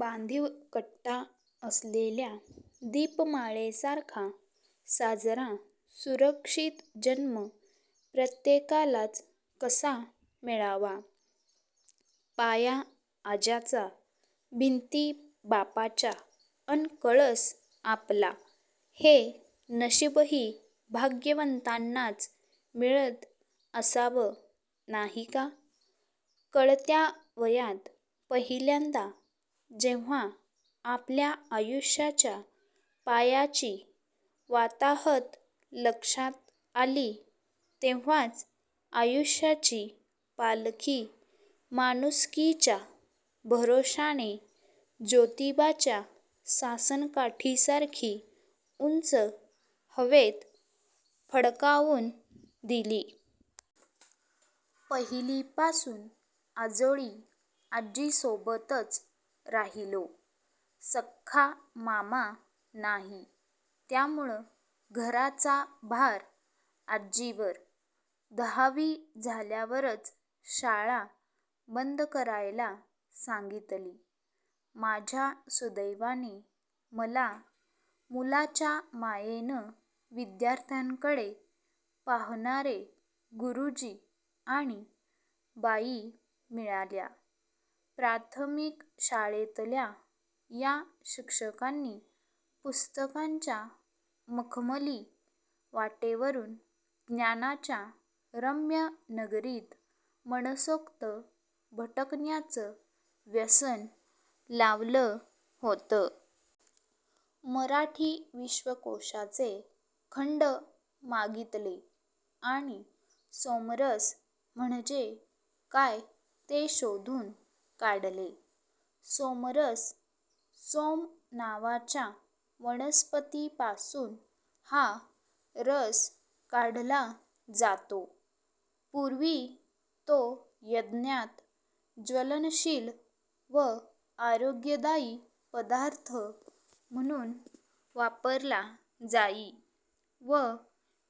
बांधिव कट्टा असलेल्या दीपमाळेसारखा साजरा सुरक्षीत जन्म प्रत्येकालाच कसा मिळावा? पाया आज्याचा, भिंती बापाच्या अन कळस आपला हे नशीबही भाग्यवंतांनाच मिळत असावं नाही का? कळत्या वयात पहिल्यांदा जेव्हा आपल्या आयुष्याच्या पायाची वाताहत लक्षात आली, तेव्हाच आयुष्याची पालखी माणुसकीच्या भरोश्याने जोतिबाच्या सासणकाठीसारखी उंच हवेत फडकावून दिली. पहिलीपासून आजोळी आज्जीसोबतच राहिलो. सख्खा मामा नाही त्यामुळं घराचा भार आजीवर. दहावी झाल्यावरच शाळा बंद करायला सांगितली. माझ्या सुदैवाने मला मुलाच्या मायेनं विध्यार्थांकडे पाहणारे गुरूजी आणि बाई मिळाल्या. प्राथमिक शाळेतल्या या शिक्षकांनी पुस्तकांच्या मखमली वाटेवरून ज्ञानाच्या रम्य नगरीत मनसोक्त भटकण्याचं व्यसन लावलं होतं. मराठी विश्वकोषाचे खंड मागितले आणि सोमरस म्हणजे काय ते शोधून काढले. 'सोमरस सोम नावाच्या वनस्पतीपासून हा रस काढला जातो. पुर्वी तो यज्ञात ज्वलनशील व आरोग्यदायी पदार्थ म्हणून वापरला जाई व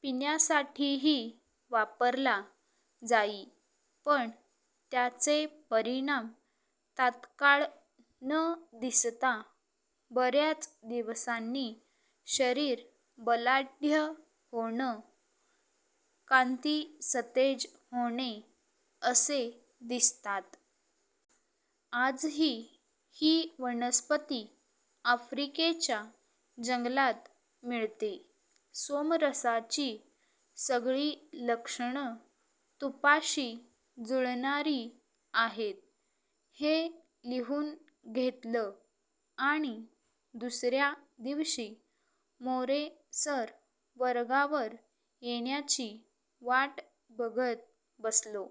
पिण्यासाठीही वापरला जाई पण त्याचे परिणाम तात्काळ न दिसता बर्याच दिवसांनी शरीर बलाढ्य होणे, कांती सतेज होणे, असे दिसतात. आजही ही वनस्पती अफ्रिकेच्या जंगलात मिळते. ' सोमरसाची सगळी लक्षणं तुपाशी जुळणारी आहेत. हे लिहून घेतलं आणि दुसर्या दिवशी मोरे सर वर्गावर येण्याची वाट बघत बसलो.